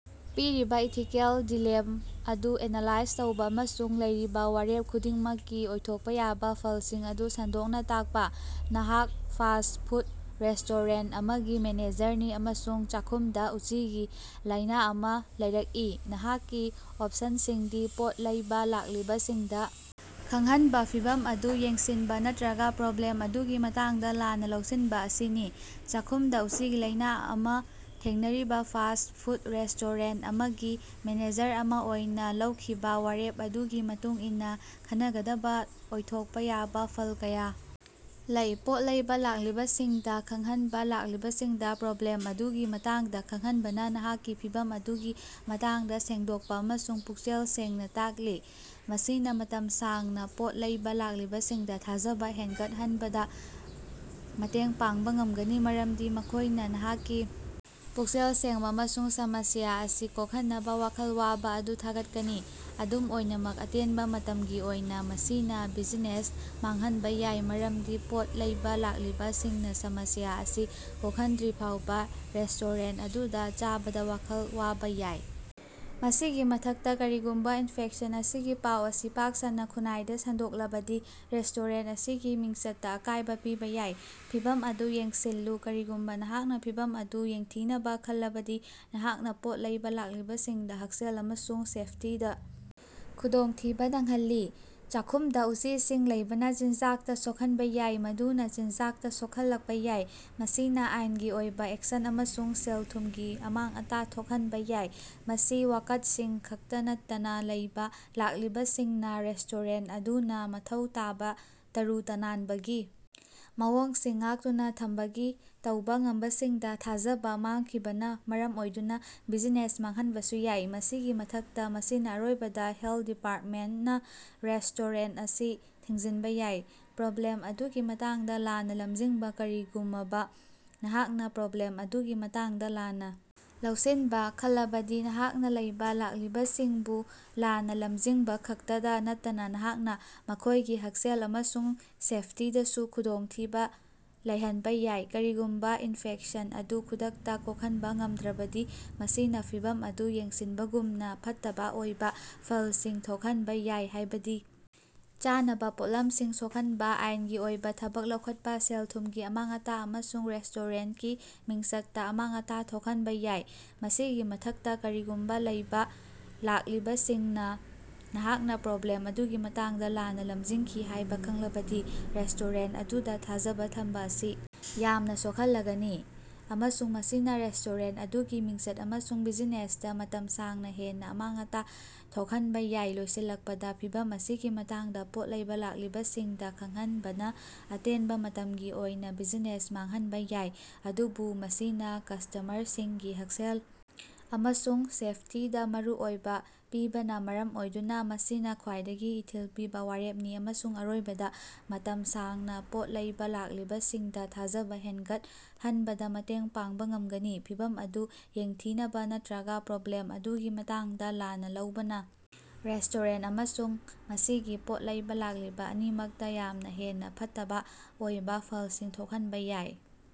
ꯄꯤꯔꯤꯕꯥ ethical dilemma ꯑꯗꯨ analyse ꯇꯧꯕ ꯑꯃꯁꯨꯡ ꯂꯩꯔꯤꯕꯥ ꯋꯥꯔꯦꯞ ꯈꯨꯗꯤꯡꯃꯛꯀꯤ ꯑꯣꯏꯊꯣꯛꯄ ꯌꯥꯕ ꯐꯜꯁꯤꯡ ꯑꯗꯨ ꯁꯟꯗꯣꯛꯅ ꯇꯥꯛꯄ꯫ ꯅꯍꯥꯛ ꯐꯥꯁ꯭ꯠ ꯐꯨꯗ ꯔꯦꯁꯇꯣꯔꯦꯟꯇ ꯑꯃꯒꯤ ꯃꯦꯅꯦꯖꯔꯅꯤ ꯑꯃꯁꯨꯡ ꯆꯥꯛꯈꯨꯝꯗ ꯎꯆꯤꯒꯤ ꯂꯥꯏꯅ ꯑꯃ ꯂꯩꯔꯛꯏ꯫ ꯅꯍꯥꯛꯀꯤ ꯑꯣꯞꯁꯟꯁꯤꯡꯗꯤ ꯄꯣꯠ ꯂꯩꯕ ꯂꯥꯛꯂꯤꯕꯁꯤꯡꯗ ꯈꯪꯍꯟꯕ ꯐꯤꯚꯝ ꯑꯗꯨ ꯌꯦꯡꯁꯤꯟꯕ ꯅꯠꯇ꯭ꯔꯒ ꯄ꯭ꯔꯣꯕ꯭ꯂꯦꯝ ꯑꯗꯨꯒꯤ ꯃꯇꯥꯡꯗ ꯂꯥꯟꯅ ꯂꯧꯁꯤꯟꯕ ꯑꯁꯤꯅꯤ꯫ ꯆꯥꯈꯨꯝꯗ ꯎꯆꯤꯒꯤ ꯂꯥꯏꯅ ꯑꯃꯥ ꯊꯦꯡꯅꯔꯤꯕꯥ ꯐꯥꯁ꯭ꯠ ꯐꯨꯗ ꯔꯦꯁꯇꯣꯔꯦꯟꯇ ꯑꯃꯒꯤ ꯃꯦꯅꯦꯖꯔ ꯑꯃ ꯑꯣꯏꯅ ꯂꯧꯈꯤꯕ ꯋꯥꯔꯦꯞ ꯑꯗꯨꯒꯤ ꯃꯇꯨꯡ ꯏꯟꯅ ꯈꯟꯅꯒꯗꯕ ꯑꯣꯏꯊꯣꯛꯄ ꯌꯥꯕ ꯐꯜ ꯀꯌꯥ ꯂꯩ꯫ ꯄꯣꯠ ꯂꯩꯕ ꯂꯥꯛꯂꯤꯕꯁꯤꯡꯗ ꯈꯪꯍꯟꯕ ꯂꯥꯛꯂꯤꯕꯁꯤꯡꯗ ꯄ꯭ꯔꯣꯕ꯭ꯂꯦꯝ ꯑꯗꯨꯒꯤ ꯃꯇꯥꯡꯗ ꯈꯪꯍꯟꯕꯅ ꯅꯍꯥꯛꯅ ꯐꯤꯚꯝ ꯑꯗꯨꯒꯤ ꯃꯇꯥꯡꯗ ꯁꯦꯡꯗꯣꯛꯄ ꯑꯃꯁꯨꯡ ꯄꯨꯛꯆꯦꯜ ꯁꯦꯡꯅ ꯇꯥꯛꯂꯤ꯫ ꯃꯁꯤꯅ ꯃꯇꯝ ꯁꯥꯡꯅ ꯄꯣꯠ ꯂꯩꯕ ꯂꯥꯛꯂꯤꯕꯁꯤꯡꯗ ꯊꯥꯖꯕ ꯍꯦꯟꯒꯠꯍꯟꯕꯗ ꯃꯇꯦꯡ ꯄꯥꯡꯕ ꯉꯝꯒꯅꯤ ꯃꯔꯝꯗꯤ ꯃꯈꯣꯢꯅ ꯅꯍꯥꯛꯀꯤ ꯄꯨꯛꯆꯦꯜ ꯁꯦꯡꯕ ꯑꯃꯁꯨꯡ ꯁꯃꯁ꯭ꯌꯥ ꯑꯁꯤ ꯀꯣꯛꯍꯟꯅꯕ ꯋꯥꯈꯜ ꯋꯥꯕ ꯑꯗꯨ ꯊꯥꯒꯠꯀꯅꯤ꯫ ꯑꯗꯨꯝ ꯑꯣꯏꯅꯃꯛ ꯑꯇꯦꯟꯕ ꯃꯇꯝꯒꯤ ꯑꯣꯏꯅ ꯃꯁꯤꯅ ꯕꯤꯖꯤꯅꯦꯁ ꯃꯥꯡꯍꯟꯕ ꯌꯥꯏ ꯃꯔꯝꯗꯤ ꯄꯣꯠ ꯂꯩꯕ ꯂꯥꯛꯂꯤꯕ ꯁꯤꯡꯅ ꯁꯃꯁ꯭ꯌꯥ ꯑꯁꯤ ꯀꯣꯛꯍꯟꯗ꯭ꯔꯤꯐꯥꯎꯕ ꯔꯦꯁꯇꯣꯔꯦꯟꯇ ꯑꯗꯨꯗ ꯆꯥꯕꯗ ꯋꯥꯈꯜ ꯋꯥꯕꯥ ꯌꯥꯏ꯫ ꯃꯁꯤꯒꯤ ꯃꯊꯛꯇ ꯀꯔꯤꯒꯨꯝꯕ ꯏꯟꯐꯦꯛꯁꯟ ꯑꯁꯤꯒꯤ ꯄꯥꯎ ꯑꯁꯤ ꯄꯥꯛ ꯁꯟꯅ ꯈꯨꯟꯅꯥꯏꯗ ꯁꯟꯗꯣꯛꯂꯕꯗꯤ ꯔꯦꯁꯇꯣꯔꯦꯟꯇ ꯑꯁꯤꯒꯤ ꯃꯤꯡꯆꯠꯇ ꯑꯀꯥꯢꯕ ꯄꯤꯕꯥ ꯌꯥꯏ꯫ ꯐꯤꯚꯝ ꯑꯗꯨ ꯌꯦꯡꯁꯤꯜꯂꯨ ꯀꯔꯤꯒꯨꯝꯕ ꯅꯍꯥꯛꯅ ꯐꯤꯚꯝ ꯑꯗꯨ ꯌꯦꯡꯊꯤꯅꯕ ꯈꯜꯂꯕꯗꯤ ꯅꯍꯥꯛꯅ ꯄꯣꯠ ꯂꯩꯕ ꯂꯥꯛꯂꯤꯕꯁꯤꯡꯗ ꯍꯛꯁꯦꯜ ꯑꯃꯁꯨꯡ ꯁꯦꯐꯇꯤꯗ ꯈꯨꯗꯣꯡꯊꯤꯕ ꯅꯪꯍꯜꯂꯤ꯫ ꯆꯥꯈꯨꯝꯗ ꯎꯆꯤꯁꯤꯡ ꯂꯩꯕꯅ ꯆꯤꯟꯖꯥꯛꯇꯥ ꯁꯣꯛꯍꯟꯕ ꯌꯥꯏ ꯃꯗꯨꯅ ꯆꯤꯟꯖꯥꯛꯇ ꯁꯣꯛꯍꯜꯂꯛꯄ ꯌꯥꯏ꯫ ꯃꯁꯤꯅꯥ ꯑꯥꯏꯟꯒꯤ ꯑꯣꯏꯕ ꯑꯦꯛꯁꯟ ꯑꯃꯁꯨꯡ ꯁꯦꯜ-ꯊꯨꯝꯒꯤ ꯑꯃꯥꯡ-ꯑꯇꯥ ꯊꯣꯛꯍꯟꯕ ꯌꯥꯏ ꯃꯁꯤ ꯋꯥꯀꯠꯁꯤꯡ ꯈꯛꯇ ꯅꯠꯇꯅ ꯂꯩꯕ ꯂꯥꯛꯂꯤꯕꯁꯤꯡꯅ ꯔꯦꯁꯇꯣꯔꯦꯟꯇ ꯑꯗꯨꯅ ꯃꯊꯧ ꯇꯥꯕ ꯇꯔꯨ ꯇꯅꯥꯟꯕꯒꯤ ꯃꯑꯣꯡꯁꯤꯡ ꯉꯥꯛꯇꯨꯅ ꯊꯝꯕꯒꯤ ꯇꯧꯕ ꯉꯝꯕꯁꯤꯡꯗ ꯊꯥꯖꯕ ꯃꯥꯡꯈꯤꯕꯅ ꯃꯔꯝ ꯑꯣꯏꯗꯨꯅ ꯕꯤꯖꯤꯅꯦꯁ ꯃꯥꯡꯍꯟꯕꯁꯨ ꯌꯥꯏ꯫ ꯃꯁꯤꯒꯤ ꯃꯊꯛꯇ ꯃꯁꯤꯅ ꯑꯔꯣꯏꯕꯗ ꯍꯦꯜꯊ ꯗꯤꯄꯥꯔꯇꯃꯦꯟꯇꯅ ꯔꯦꯁꯇꯣꯔꯦꯟꯇ ꯑꯁꯤ ꯊꯤꯡꯖꯤꯟꯕ ꯌꯥꯏ꯫ ꯄ꯭ꯔꯣꯕ꯭ꯂꯦꯝ ꯑꯗꯨꯒꯤ ꯃꯇꯥꯡꯗ ꯂꯥꯟꯅ ꯂꯝꯖꯤꯡꯕ ꯀꯔꯤꯒꯨꯃꯕ ꯅꯍꯥꯛꯅ ꯄ꯭ꯔꯣꯕ꯭ꯂꯦꯝ ꯑꯗꯨꯒꯤ ꯃꯇꯥꯡꯗ ꯂꯥꯟꯅ ꯂꯧꯁꯤꯟꯕ ꯈꯜꯂꯕꯗꯤ ꯅꯍꯥꯛꯅ ꯂꯩꯕ ꯂꯥꯛꯂꯤꯕꯁꯤꯡꯕꯨ ꯂꯥꯟꯅ ꯂꯝꯖꯤꯡꯕꯈꯛꯇꯗ ꯅꯠꯇꯅ ꯅꯍꯥꯛꯅ ꯃꯈꯣꯢꯒꯤ ꯍꯛꯁꯦꯜ ꯑꯃꯁꯨꯡ ꯁꯦꯐꯇꯤꯗꯁꯨ ꯈꯨꯗꯣꯡ ꯊꯤꯕ ꯂꯩꯍꯟꯕ ꯌꯥꯏ꯫ ꯀꯔꯤꯒꯨꯝꯕ ꯏꯟꯐꯦꯛꯁꯟ ꯑꯗꯨ ꯈꯨꯗꯛꯇ ꯀꯣꯛꯍꯟꯕ ꯉꯝꯗ꯭ꯔꯕꯗꯤ ꯃꯁꯤꯅ ꯐꯤꯚꯝ ꯑꯗꯨ ꯌꯦꯡꯁꯤꯟꯕꯒꯨꯝꯅ ꯐꯠꯇꯕ ꯑꯣꯏꯕ ꯐꯜꯁꯤꯡ ꯊꯣꯛꯍꯟꯕ ꯌꯥꯏ ꯍꯥꯢꯕꯗꯤ ꯆꯥꯅꯕ ꯄꯣꯠꯂꯝꯁꯤꯡ ꯁꯣꯛꯍꯟꯕ ꯑꯥꯏꯟꯒꯤ ꯑꯣꯏꯕ ꯊꯕꯛ ꯂꯧꯈꯠꯄ ꯁꯦꯜ-ꯊꯨꯝꯒꯤ ꯑꯃꯥꯡ-ꯑꯇꯥ ꯑꯃꯁꯨꯡ ꯔꯦꯁꯇꯣꯔꯦꯟꯇꯀꯤ ꯃꯤꯡꯆꯠꯇ ꯑꯃꯥꯡ-ꯑꯇꯥ ꯊꯣꯛꯍꯟꯕ ꯌꯥꯏ꯫ ꯃꯁꯤꯒꯤ ꯃꯊꯛꯇ ꯀꯔꯤꯒꯨꯝꯕ ꯂꯩꯕ ꯂꯥꯛꯂꯤꯕꯁꯤꯡꯅ ꯅꯍꯥꯛꯅ ꯄ꯭ꯔꯣꯕ꯭ꯂꯦꯝ ꯑꯗꯨꯒꯤ ꯃꯇꯥꯡꯗ ꯂꯥꯟꯅ ꯂꯝꯖꯤꯡꯈꯤ ꯍꯥꯢꯕ ꯈꯪꯂꯕꯗꯤ ꯔꯦꯁꯇꯣꯔꯦꯟꯇ ꯑꯗꯨꯗ ꯊꯥꯖꯕ ꯊꯝꯕ ꯑꯁꯤ ꯌꯥꯝꯅ ꯁꯣꯛꯍꯜꯂꯒꯅꯤ ꯑꯃꯁꯨꯡ ꯃꯁꯤꯅ ꯔꯦꯁꯇꯣꯔꯦꯟꯇ ꯑꯗꯨꯒꯤ ꯃꯤꯡꯆꯠ ꯑꯃꯁꯨꯡ ꯕꯤꯖꯤꯅꯦꯁꯇ ꯃꯇꯝ ꯁꯥꯡꯅ ꯍꯦꯟꯅ ꯑꯃꯥꯡ-ꯑꯇꯥ ꯊꯣꯛꯍꯟꯕ ꯌꯥꯏ꯫ ꯂꯣꯏꯁꯤꯜꯂꯛꯄꯗ ꯐꯤꯚꯝ ꯑꯁꯤꯒꯤ ꯃꯇꯥꯡꯗ ꯄꯣꯠ ꯂꯩꯕ ꯂꯥꯛꯂꯤꯕꯁꯤꯡꯗ ꯈꯡꯍꯟꯕꯅ ꯑꯇꯦꯟꯕ ꯃꯇꯝꯒꯤ ꯑꯣꯏꯅ ꯕꯤꯖꯤꯅꯦꯁ ꯃꯥꯡꯍꯟꯕ ꯌꯥꯏ ꯑꯗꯨꯕꯨ ꯃꯁꯤꯅ ꯀꯁꯇꯃꯔꯁꯤꯡꯒꯤ ꯍꯛꯁꯦꯜ ꯑꯃꯁꯨꯡ ꯁꯦꯐꯇꯤꯗ ꯃꯔꯨ ꯑꯣꯏꯕ ꯄꯤꯕꯅ ꯃꯔꯝ ꯑꯣꯏꯗꯨꯅ ꯃꯁꯤꯅ ꯈ꯭ꯋꯥꯏꯗꯒꯤ ꯏꯊꯤꯜ ꯄꯤꯕ ꯋꯥꯔꯦꯞꯅꯤ ꯑꯃꯁꯨꯡ ꯑꯔꯣꯏꯕꯗ ꯃꯇꯝ ꯁꯥꯡꯅ ꯄꯣꯠ ꯂꯩꯕ ꯂꯥꯛꯂꯤꯕꯁꯤꯡꯗ ꯊꯥꯖꯕ ꯍꯦꯟꯒꯠꯍꯟꯕꯗ ꯃꯇꯦꯡ ꯄꯥꯡꯕ ꯉꯝꯒꯅꯤ꯫ ꯐꯤꯚꯝ ꯑꯗꯨ ꯌꯦꯡꯊꯤꯅꯕ ꯅꯠꯇ꯭ꯔꯒ ꯄ꯭ꯔꯣꯕ꯭ꯂꯦꯝ ꯑꯗꯨꯒꯤ ꯃꯇꯥꯡꯗ ꯂꯥꯟꯅ ꯂꯧꯕꯅ ꯔꯦꯁꯇꯣꯔꯦꯟꯇ ꯑꯃꯁꯨꯡ ꯃꯁꯤꯒꯤ ꯄꯣꯠ ꯂꯩꯕ ꯂꯥꯛꯂꯤꯕ ꯑꯅꯤꯃꯛꯇ ꯌꯥꯝꯅ ꯍꯦꯟꯅ ꯐꯠꯇꯕ ꯑꯣꯏꯕ ꯐꯜꯁꯤꯡ ꯊꯣꯛꯍꯟꯕꯥ ꯌꯥꯏ꯫